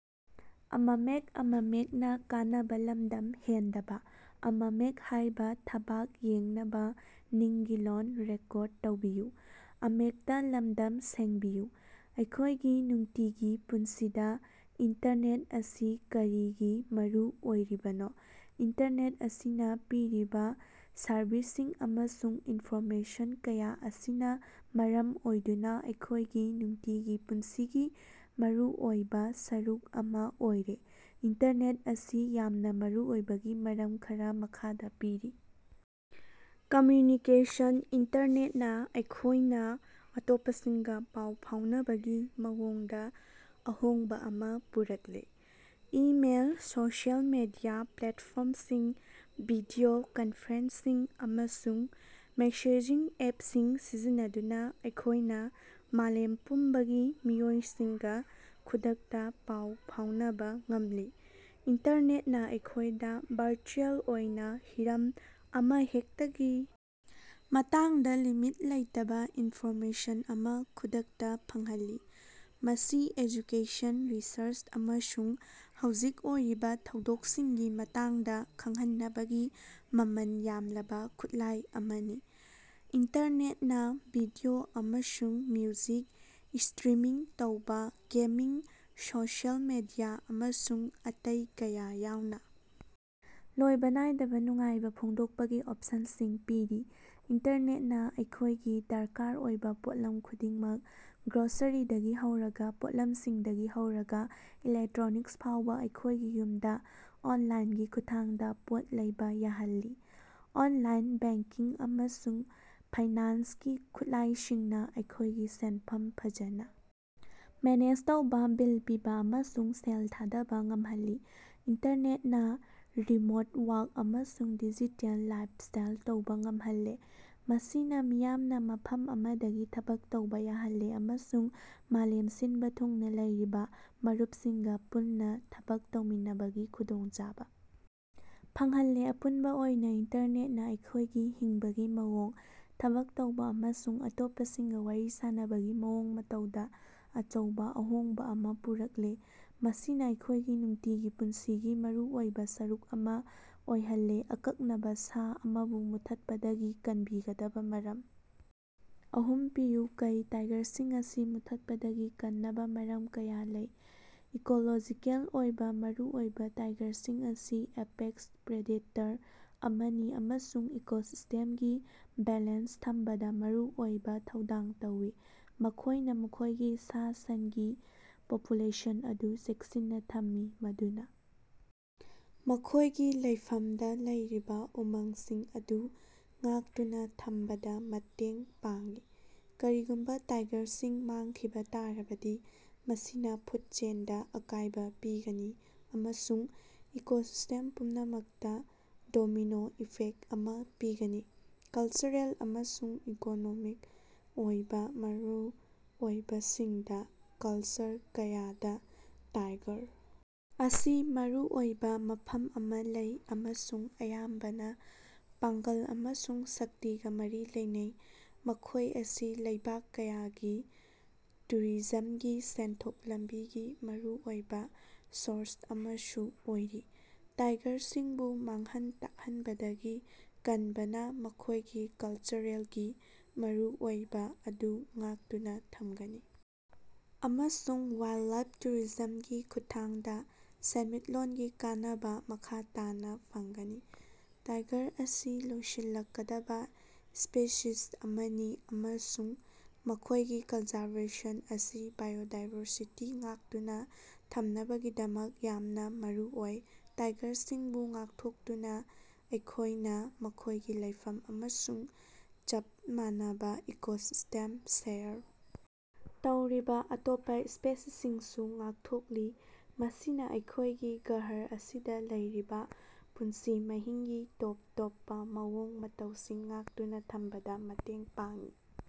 ꯑꯩꯈꯣꯏꯒꯤ ꯅꯨꯡꯇꯤꯒꯤ ꯄꯨꯟꯁꯤꯗꯥ ꯏꯟꯇꯔꯅꯦꯠ ꯑꯁꯤ ꯀꯔꯤꯒꯤ ꯃꯔꯨ ꯑꯣꯏꯔꯤꯕꯅꯣ? ꯏꯟꯇꯔꯅꯦꯠ ꯑꯁꯤꯅꯥ ꯄꯤꯔꯤꯕꯥ ꯁꯔꯚꯤꯁꯁꯤꯡ ꯑꯃꯁꯨꯡ ꯏꯟꯐꯣꯔꯃꯦꯁꯟ ꯀꯌꯥ ꯑꯁꯤꯅꯥ ꯃꯔꯝ ꯑꯣꯏꯗꯨꯅꯥ ꯑꯩꯈꯣꯏꯒꯤ ꯅꯨꯡꯇꯤꯒꯤ ꯄꯨꯟꯁꯤꯒꯤ ꯃꯔꯨꯑꯣꯏꯕꯥ ꯁꯔꯨꯛ ꯑꯃꯥ ꯑꯣꯏꯔꯦ꯫ ꯏꯟꯇꯔꯅꯦꯠ ꯑꯁꯤ ꯌꯥꯝꯅꯥ ꯃꯔꯨꯑꯣꯏꯕꯒꯤ ꯃꯔꯝ ꯈꯔꯥ ꯃꯈꯥꯗꯥ ꯄꯤꯔꯤ ꯀꯝꯃ꯭ꯌꯨꯅꯤꯀꯦꯁꯟ: ꯏꯟꯇꯔꯅꯦꯠꯅꯥ ꯑꯩꯈꯣꯏꯅꯥ ꯑꯇꯣꯞꯄꯁꯤꯡꯒꯥ ꯄꯥꯎ ꯐꯥꯎꯅꯕꯒꯤ ꯃꯑꯣꯡꯗꯥ ꯑꯍꯣꯡꯕꯥ ꯑꯃꯥ ꯄꯨꯔꯛꯂꯦ꯫ ꯏꯃꯦꯜ, ꯁꯣꯁꯤꯑꯦꯜ ꯃꯤꯗꯤꯌꯥ ꯄ꯭ꯂꯦꯠꯐꯣꯝꯁꯤꯡ, ꯚꯤꯗꯤꯑꯣ ꯀꯟꯐ꯭ꯔꯦꯟꯁꯤꯡ ꯑꯃꯁꯨꯡ ꯃꯦꯁꯦꯖꯤꯡ ꯑꯦꯞꯁꯤꯡ ꯁꯤꯖꯤꯟꯅꯗꯨꯅꯥ ꯑꯩꯈꯣꯏꯅꯥ ꯃꯥꯂꯦꯝ ꯄꯨꯝꯕꯒꯤ ꯃꯤꯑꯣꯏꯁꯤꯡꯒꯥ ꯈꯨꯗꯛꯇꯥ ꯄꯥꯎ ꯐꯥꯎꯅꯕꯥ ꯉꯝꯂꯤ꯫ꯏꯟꯇꯔꯅꯦꯠꯅꯥ ꯑꯩꯈꯣꯏꯗꯥ ꯕꯥꯔꯆꯨꯑꯦꯜ ꯑꯣꯏꯅꯥ ꯍꯤꯔꯝ ꯑꯃꯍꯦꯛꯇꯒꯤ ꯃꯇꯥꯡꯗꯥ ꯂꯤꯃꯤꯠ ꯂꯩꯇꯕꯥ ꯏꯟꯐꯣꯔꯃꯦꯁꯟ ꯑꯃꯥ ꯈꯨꯗꯛꯇꯥ ꯐꯪꯍꯜꯂꯤ꯫ ꯃꯁꯤ ꯑꯦꯖꯨꯀꯦꯁꯟ, ꯔꯤꯁꯔꯆ ꯑꯃꯁꯨꯡ ꯍꯧꯖꯤꯛ ꯑꯣꯏꯔꯤꯕꯥ ꯊꯧꯗꯣꯛꯁꯤꯡꯒꯤ ꯃꯇꯥꯡꯗꯥ ꯈꯪꯍꯟꯅꯕꯒꯤ ꯃꯃꯜ ꯌꯥꯝꯂꯕꯥ ꯈꯨꯠꯂꯥꯏ ꯑꯃꯅꯤ꯫ ꯏꯟꯇꯔꯅꯦꯠꯅꯥ ꯚꯤꯗꯤꯑꯣ ꯑꯃꯁꯨꯡ ꯃ꯭ꯌꯨꯖꯤꯛ ꯏꯁꯇ꯭ꯔꯤꯃꯤꯡ ꯇꯧꯕꯥ, ꯒꯦꯃꯤꯡ, ꯁꯣꯁꯤꯑꯦꯜ ꯃꯤꯗꯤꯌꯥ ꯑꯃꯁꯨꯡ ꯑꯇꯩ ꯀꯌꯥ ꯌꯥꯎꯅꯥ ꯂꯣꯏꯕꯥ ꯅꯥꯏꯗꯕꯥ ꯅꯨꯡꯉꯥꯏꯕꯥ ꯐꯣꯡꯗꯣꯛꯄꯒꯤ ꯑꯣꯞꯁꯟꯁꯤꯡ ꯄꯤꯔꯤ꯫ ꯏꯟꯇꯔꯅꯦꯠꯅꯥ ꯑꯩꯈꯣꯏꯒꯤ ꯗꯔꯀꯥꯔ ꯑꯣꯏꯕꯥ ꯄꯣꯠꯂꯝ ꯈꯨꯗꯤꯡꯃꯛ, ꯒ꯭ꯔꯣꯁꯔꯤꯗꯒꯤ ꯍꯧꯔꯒꯥ ꯄꯣꯠꯂꯝꯁꯤꯡꯗꯒꯤ ꯍꯧꯔꯒꯥ ꯏꯂꯦꯛꯇ꯭ꯔꯣꯅꯤꯛꯁ ꯐꯥꯎꯕꯥ, ꯑꯩꯈꯣꯏꯒꯤ ꯌꯨꯝꯗꯒꯤ ꯑꯣꯟꯂꯥꯏꯟꯒꯤ ꯈꯨꯊꯥꯡꯗ ꯄꯣꯠ ꯂꯩꯕꯥ ꯌꯥꯍꯜꯂꯤ꯫ ꯑꯣꯟꯂꯥꯏꯟ ꯕꯦꯡꯀꯤꯡ ꯑꯃꯁꯨꯡ ꯐꯥꯏꯅꯥꯟꯁꯀꯤ ꯈꯨꯠꯂꯥꯏꯁꯤꯡꯅꯥ ꯑꯩꯈꯣꯏꯒꯤ ꯁꯦꯟꯐꯝ ꯐꯖꯅꯥ ꯃꯦꯅꯦꯖ ꯇꯧꯕꯥ, ꯕꯤꯜ ꯄꯤꯕꯥ ꯑꯃꯁꯨꯡ ꯁꯦꯜ ꯊꯥꯗꯕꯥ ꯉꯝꯍꯜꯂꯤ꯫ ꯏꯟꯇꯔꯅꯦꯠꯅꯥ ꯔꯤꯃꯣꯠ ꯋꯥꯛ ꯑꯃꯁꯨꯡ ꯗꯤꯖꯤꯇꯦꯜ ꯂꯥꯏꯞꯁ꯭ꯇꯥꯏꯜ ꯇꯧꯕꯥ ꯉꯝꯍꯜꯂꯦ, ꯃꯁꯤꯅꯥ ꯃꯤꯌꯥꯝꯅꯥ ꯃꯐꯝ ꯑꯃꯗꯒꯤ ꯊꯕꯛ ꯇꯧꯕꯥ ꯌꯥꯍꯜꯂꯦ ꯑꯃꯁꯨꯡ ꯃꯥꯂꯦꯝ ꯁꯤꯟꯕꯥ ꯊꯨꯡꯅꯥ ꯂꯩꯔꯤꯕꯥ ꯃꯔꯨꯞꯁꯤꯡꯒꯥ ꯄꯨꯟꯅꯥ ꯊꯕꯛ ꯇꯧꯃꯤꯟꯅꯕꯒꯤ ꯈꯨꯗꯣꯡꯆꯥꯕꯥ ꯐꯪꯍꯜꯂꯦ꯫ ꯑꯄꯨꯟꯕꯥ ꯑꯣꯏꯅꯥ ꯏꯟꯇꯔꯅꯦꯠꯅꯥ ꯑꯩꯈꯣꯏꯒꯤ ꯍꯤꯡꯕꯒꯤ ꯃꯑꯣꯡ, ꯊꯕꯛ ꯇꯧꯕꯥ ꯑꯃꯁꯨꯡ ꯑꯇꯣꯞꯄꯁꯤꯡꯒꯥ ꯋꯥꯔꯤ ꯁꯥꯅꯕꯒꯤ ꯃꯑꯣꯡ ꯃꯇꯧꯗꯥ ꯑꯆꯧꯕꯥ ꯑꯍꯣꯡꯕꯥ ꯑꯃꯥ ꯄꯨꯔꯛꯂꯦ, ꯃꯁꯤꯅꯥ ꯑꯩꯈꯣꯏꯒꯤ ꯅꯨꯡꯇꯤꯒꯤ ꯄꯨꯟꯁꯤꯒꯤ ꯃꯔꯨꯑꯣꯏꯕꯥ ꯁꯔꯨꯛ ꯑꯃꯥ ꯑꯣꯏꯍꯜꯂꯦ꯫ ꯑꯀꯛꯅꯕꯥ ꯁꯥ ꯑꯃꯕꯨ ꯃꯨꯠꯊꯠꯄꯗꯒꯤ ꯀꯟꯕꯤꯒꯗꯕꯥ ꯃꯔꯝ ꯑꯍꯨꯝ ꯄꯤꯌꯨ꯫ ꯀꯩ ꯇꯥꯏꯒꯔꯁꯤꯡ ꯑꯁꯤ ꯃꯨꯠꯊꯠꯄꯗꯒꯤ ꯀꯟꯅꯕꯥ ꯃꯔꯝ ꯀꯌꯥ ꯂꯩ꯫ ꯏꯀꯣꯂꯣꯖꯤꯀꯦꯜ ꯑꯣꯏꯕꯥ ꯃꯔꯨꯑꯣꯏꯕꯥ ꯇꯥꯏꯒꯔꯁꯤꯡ ꯑꯁꯤ ꯑꯦꯄꯦꯛꯁ ꯄ꯭ꯔꯤꯗꯦꯇꯔ ꯑꯃꯅꯤ ꯑꯃꯁꯨꯡ ꯏꯀꯣꯁꯤꯁꯇꯦꯝꯒꯤ ꯕꯦꯂꯦꯟꯁ ꯊꯝꯕꯗꯥ ꯃꯔꯨꯑꯣꯏꯕꯥ ꯊꯧꯗꯥꯡ ꯂꯧꯏ꯫ ꯃꯈꯣꯏꯅꯥ ꯃꯈꯣꯏꯒꯤ ꯁꯥ-ꯁꯟꯒꯤ ꯄꯣꯄꯨꯂꯦꯁꯟ ꯑꯗꯨ ꯆꯦꯛꯁꯤꯟꯅꯥ ꯊꯝꯃꯤ ꯃꯗꯨꯅꯥ ꯃꯈꯣꯏꯒꯤ ꯂꯩꯐꯝꯗꯥ ꯂꯩꯔꯤꯕꯥ ꯎꯃꯪꯁꯤꯡ ꯑꯗꯨ ꯉꯥꯛꯇꯨꯅꯥ ꯊꯝꯕꯗꯥ ꯃꯇꯦꯡ ꯄꯥꯡꯏ꯫ ꯀꯔꯤꯒꯨꯝꯕꯥ ꯇꯥꯏꯒꯔꯁꯤꯡ ꯃꯥꯡꯈꯤꯕꯥ ꯇꯥꯔꯕꯗꯤ ꯃꯁꯤꯅꯥ ꯐꯨꯠ ꯆꯦꯟꯗꯥ ꯑꯀꯥꯏꯕꯥ ꯄꯤꯒꯅꯤ ꯑꯃꯁꯨꯡ ꯏꯀꯣꯁꯤꯁ꯭ꯇꯦꯝ ꯄꯨꯝꯅꯃꯛꯇꯥ ꯗꯣꯃꯤꯅꯣ ꯏꯐꯦꯛ ꯑꯃꯥ ꯄꯤꯒꯅꯤ꯫ ꯀꯜꯆꯔꯦꯜ ꯑꯃꯁꯨꯡ ꯏꯀꯣꯅꯣꯃꯤꯛ ꯑꯣꯏꯕꯥ ꯃꯔꯨꯑꯣꯏꯕꯁꯤꯡꯗ ꯀꯜꯆꯔ ꯀꯌꯥꯗꯥ ꯇꯥꯏꯒꯔ ꯑꯁꯤ ꯃꯔꯨꯑꯣꯏꯕꯥ ꯃꯐꯝ ꯑꯃꯥ ꯂꯩ ꯑꯃꯁꯨꯡ ꯑꯌꯥꯝꯕꯅꯥ ꯄꯥꯡꯒꯜ ꯑꯃꯁꯨꯡ ꯁꯛꯇꯤꯒꯥ ꯃꯔꯤ ꯂꯩꯅꯩ꯫ ꯃꯈꯣꯏ ꯑꯁꯤ ꯂꯩꯕꯥꯛ ꯀꯌꯥꯒꯤ ꯇꯨꯔꯤꯖꯝꯒꯤ ꯁꯦꯟꯊꯣꯛ ꯂꯝꯕꯤꯒꯤ ꯃꯔꯨꯑꯣꯏꯕꯥ ꯁꯣꯔꯁ ꯑꯃꯁꯨ ꯑꯣꯏꯔꯤ꯫ ꯇꯥꯏꯒꯔꯁꯤꯡꯕꯨ ꯃꯥꯡꯍꯟ ꯇꯥꯛꯍꯟꯕꯗꯒꯤ ꯀꯟꯕꯅꯥ ꯃꯈꯣꯏꯒꯤ ꯀꯜꯆꯔꯦꯜꯒꯤ ꯃꯔꯨꯑꯣꯏꯕꯥ ꯑꯗꯨ ꯉꯥꯛꯇꯨꯅꯥ ꯊꯝꯒꯅꯤ ꯑꯃꯁꯨꯡ ꯋꯥꯏꯜꯂꯥꯏꯞ ꯇꯨꯔꯤꯖꯝꯒꯤ ꯈꯨꯠꯊꯥꯡꯗꯥ ꯁꯦꯟꯃꯤꯠꯂꯣꯟꯒꯤ ꯀꯥꯟꯅꯕꯥ ꯃꯈꯥ ꯇꯥꯅꯥ ꯐꯪꯒꯅꯤ꯫ ꯇꯥꯏꯒꯔ ꯑꯁꯤ ꯂꯣꯏꯁꯤꯜꯂꯛꯀꯗꯕꯥ ꯁ꯭ꯄꯤꯁꯤꯁ ꯑꯃꯅꯤ ꯑꯃꯁꯨꯡ ꯃꯈꯣꯏꯒꯤ ꯀꯟꯖꯔꯕꯦꯁꯟ ꯑꯁꯤ ꯕꯥꯏꯑꯣꯗꯥꯏꯕꯔꯁꯤꯇꯤ ꯉꯥꯛꯇꯨꯅꯥ ꯊꯝꯅꯕꯒꯤꯗꯃꯛ ꯌꯥꯝꯅꯥ ꯃꯔꯨꯑꯣꯏ꯫ ꯇꯥꯏꯒꯔꯁꯤꯡꯕꯨ ꯉꯥꯛꯊꯣꯛꯇꯨꯅꯥ ꯑꯩꯈꯣꯏꯅꯥ ꯃꯈꯣꯏꯒꯤ ꯂꯩꯐꯝ ꯑꯃꯁꯨꯡ ꯆꯞ ꯃꯥꯟꯅꯕꯥ ꯏꯀꯣꯁꯤꯁꯇꯦꯝ ꯁꯦꯌꯔ ꯇꯧꯔꯤꯕꯥ ꯑꯇꯣꯞꯄꯥ ꯁ꯭ꯄꯤꯁꯤꯁꯁꯤꯡꯁꯨ ꯉꯥꯛꯊꯣꯛꯂꯤ꯫ ꯃꯁꯤꯅꯥ ꯑꯩꯈꯣꯏꯒꯤ ꯒ꯭ꯔꯍ ꯑꯁꯤꯗꯥ ꯂꯩꯔꯤꯕꯥ ꯄꯨꯟꯁꯤ ꯃꯍꯤꯡꯒꯤ ꯇꯣꯞ ꯇꯣꯞꯄꯥ ꯃꯑꯣꯡ ꯃꯇꯧꯁꯤꯡ ꯉꯥꯛꯇꯨꯅꯥ ꯊꯝꯕꯗꯥ ꯃꯇꯦꯡ ꯄꯥꯡꯏ꯫